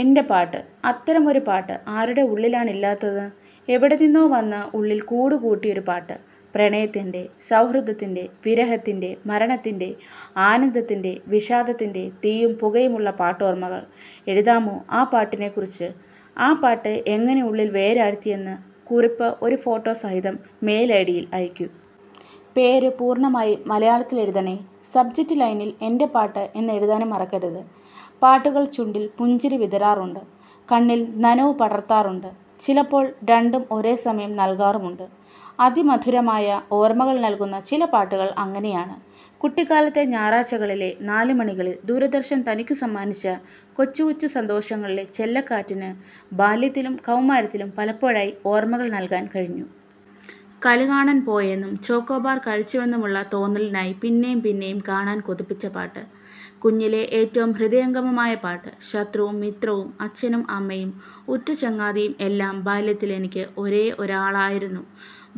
എൻ്റെ പാട്ട്: അത്തരമൊരു പാട്ട് ആരുടെ ഉള്ളിലാണില്ലാത്തത്. എവിടെനിന്നോ വന്ന് ഉള്ളിൽ കൂടുകൂട്ടിയൊരു പാട്ട്. പ്രണയത്തിൻ്റെ, സൗഹൃദത്തിൻ്റെ, വിരഹത്തിൻ്റെ, മരണത്തിൻ്റെ, ആനന്ദത്തിൻ്റെ, വിഷാദത്തിൻ്റെ തീയും പുകയുമുള്ള പാട്ടോർമ്മക്കൾ. എഴുതാമോ, ആ പാട്ടിനെക്കുറിച്ച്. ആ പാട്ട് എങ്ങനെ ഉള്ളിൽ വേരാഴ്ത്തിയെന്ന്. കുറിപ്പ് ഒരു ഫോട്ടോ സഹിതം മെയിൽ ഐഡിയിൽ അയക്കൂ. പേര് പൂർണ്ണമായി മലയാളത്തിൽ എഴുതണേ, സബ്ജെക്ട് ലൈനിൽ 'എൻ്റെ പാട്ട് ' എന്നെഴുതാനും മറക്കരുത് പാട്ടുകൾ ചുണ്ടിൽ പുഞ്ചിരി വിതരാറുണ്ട്. കണ്ണിൽ നനവ് പടർത്താറുണ്ട്. ചിലപ്പോൾ, രണ്ടും ഒരേസമയം നൽകാറുമുണ്ട്. അതിമധുരമായ ഓർമകൾ നൽകുന്ന ചില പാട്ടുകൾ അങ്ങനെയാണ്. കുട്ടിക്കാലത്തെ ഞായറാഴ്ചകളിലെ നാലുമണികളിൽ ദൂരദർശൻ തനിക്കു സമ്മാനിച്ച 'കൊച്ചു കൊച്ചു സന്തോഷങ്ങളിലെ’ ‘ചെല്ലക്കാറ്റിന്’ ബാല്യത്തിലും കൗമാരത്തിലും പലപ്പോഴായി ഓർമ്മകൾ നൽകാൻ കഴിഞ്ഞു. കല് കാണാൻ പോയെന്നും ചോക്കോബാർ കഴിച്ചുവെന്നുമുള്ള തോന്നലിനായി പിന്നെയും പിന്നെയും കാണാൻ കൊതിപ്പിച്ച പാട്ട്. കുഞ്ഞിലെ ഏറ്റവും ഹൃദയംഗമമായ പാട്ട്. ശത്രുവും മിത്രവും അച്ഛനും അമ്മയും ഉറ്റചങ്ങാതിയും എല്ലാം ബാല്യത്തിൽ എനിക്ക് ഒരേ ഒരാളായിരുന്നു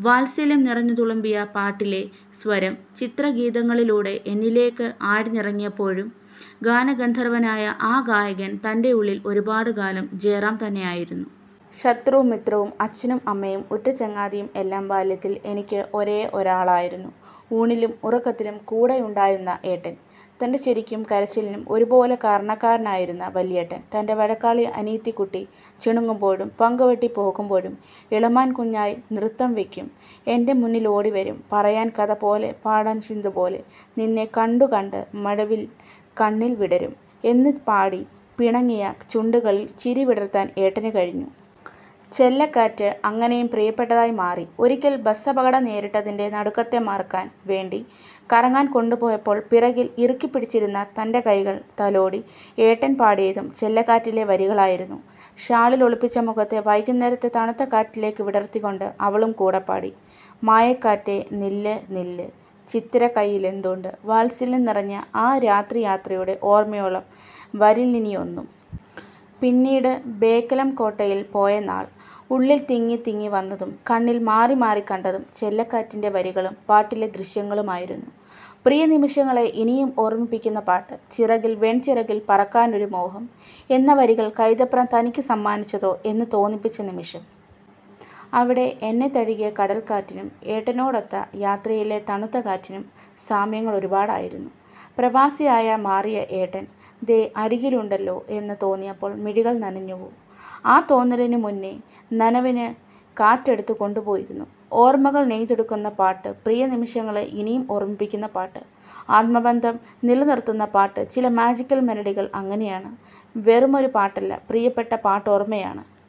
വാത്സല്യം നിറഞ്ഞു തുളുമ്പിയ പാട്ടിലെ സ്വരം ചിത്രഗീതങ്ങളിലൂടെ എന്നിലേക്ക് ആഴ്ന്നിറങ്ങിയപ്പോഴും ഗാനഗന്ധർവനായ ആ ഗായകൻ തൻ്റെയുള്ളിൽ ഒരുപാടുകാലം ജയറാം തന്നെയായിരുന്നു. ശത്രുവും മിത്രവും അച്ഛനും അമ്മയും ഉറ്റചങ്ങാതിയും എല്ലാം ബാല്യത്തിൽ എനിക്ക് ഒരേ ഒരാളായിരുന്നു. ഊണിലും ഉറക്കത്തിലും കൂടെയുണ്ടായുന്ന ഏട്ടൻ. തൻ്റെ ചിരിക്കും കരച്ചിലിനും ഒരുപോലെ കാരണക്കാരനായിരുന്ന വല്യേട്ടൻ. തൻ്റെ വഴക്കാളി അനിയത്തികുട്ടി ചിണുങ്ങുമ്പോഴും പങ്കുവെട്ടി പോകുമ്പോഴും "ഇളമാൻ കുഞ്ഞായ് നൃത്തം വക്കും എൻ്റെ മുന്നിലോടി വരും പറയാൻ കഥ പോലെ പാടാൻ ചിന്തു പോലെ നിന്നെ കണ്ടു കണ്ട് മഴവില്ല് കണ്ണിൽ വിടരും" എന്ന് പാടി പിണങ്ങിയ ചുണ്ടുകളിൽ ചിരി വിടർത്താൻ ഏട്ടന് കഴിഞ്ഞു. 'ചെല്ലക്കാറ്റ്' അങ്ങനെയും പ്രിയപ്പെട്ടതായി മാറി. ഒരിക്കൽ ബസ്സപകടം നേരിട്ടതിൻ്റെ നടുക്കത്തെ മറക്കാൻ വേണ്ടി കറങ്ങാൻ കൊണ്ടുപോയപ്പോൾ പിറകിൽ ഇറുക്കിപ്പിടിച്ചിരുന്ന തൻ്റെ കൈകൾ തലോടി ഏട്ടൻ പാടിയതും ചെല്ലക്കാറ്റിലെ വരികളായിരുന്നു. ഷാളിൽ ഒളിപ്പിച്ച മുഖത്തെ വൈകുന്നേരത്തെ തണുത്ത കാറ്റിലേക്ക് വിടർത്തികൊണ്ട് അവളും കൂടെ പാടി, "മായക്കാറ്റേ നില്ല് നില്ല് ചിത്തിര കയ്യിലെന്തുണ്ട്" വാത്സല്യം നിറഞ്ഞ ആ രാത്രിയാത്രയുടെ ഓർമ്മയോളം വരില്ലിനിയൊന്നും! പിന്നീട്, ബേക്കലം കോട്ടയിൽ പോയ നാൾ ഉള്ളിൽ തിങ്ങി തിങ്ങി വന്നതും കണ്ണിൽ മാറി മാറി കണ്ടതും ചെല്ലക്കാറ്റിൻ്റെ വരികളും പാട്ടിലെ ദൃശ്യങ്ങളുമായിരുന്നു. പ്രിയ നിമിഷങ്ങളെ ഇനിയും ഓർമ്മിപ്പിക്കുന്ന പാട്ട് "ചിറകിൽ വെൺചിറകിൽ പറക്കാനൊരു മോഹം" എന്ന വരികൾ കൈതപ്രം തനിക്ക് സമ്മാനിച്ചതോ എന്ന് തോന്നിപ്പിച്ച നിമിഷം. അവിടെ എന്നെ തഴുകിയ കടൽകാറ്റിനും ഏട്ടനോടൊത്ത യാത്രയിലെ തണുത്ത കാറ്റിനും സാമ്യങ്ങളൊരുപാടായിരുന്നു. പ്രവാസിയായി മാറിയ ഏട്ടൻ, ദേ അരികിലുണ്ടല്ലോ എന്ന് തോന്നിയപ്പോൾ മിഴികൾ നനഞ്ഞുവോ? ആ തോന്നലിനു മുമ്പേ നനവിനെ കാറ്റെടുത്തു കൊണ്ട് പോയിരുന്നു. ഓർമ്മകൾ നെയ്തെടുക്കുന്ന പാട്ട് പ്രിയ നിമിഷങ്ങളെ ഇനിയും ഓർമ്മിപ്പിക്കുന്ന പാട്ട് ആത്മബന്ധം നിലനിർത്തുന്ന പാട്ട് ചില മാജിക്കൽ മെലഡികൾ അങ്ങനെയാണ്, വെറുമൊരു പാട്ടല്ല, പ്രിയപ്പെട്ട പാട്ടോർമ്മയാണ്.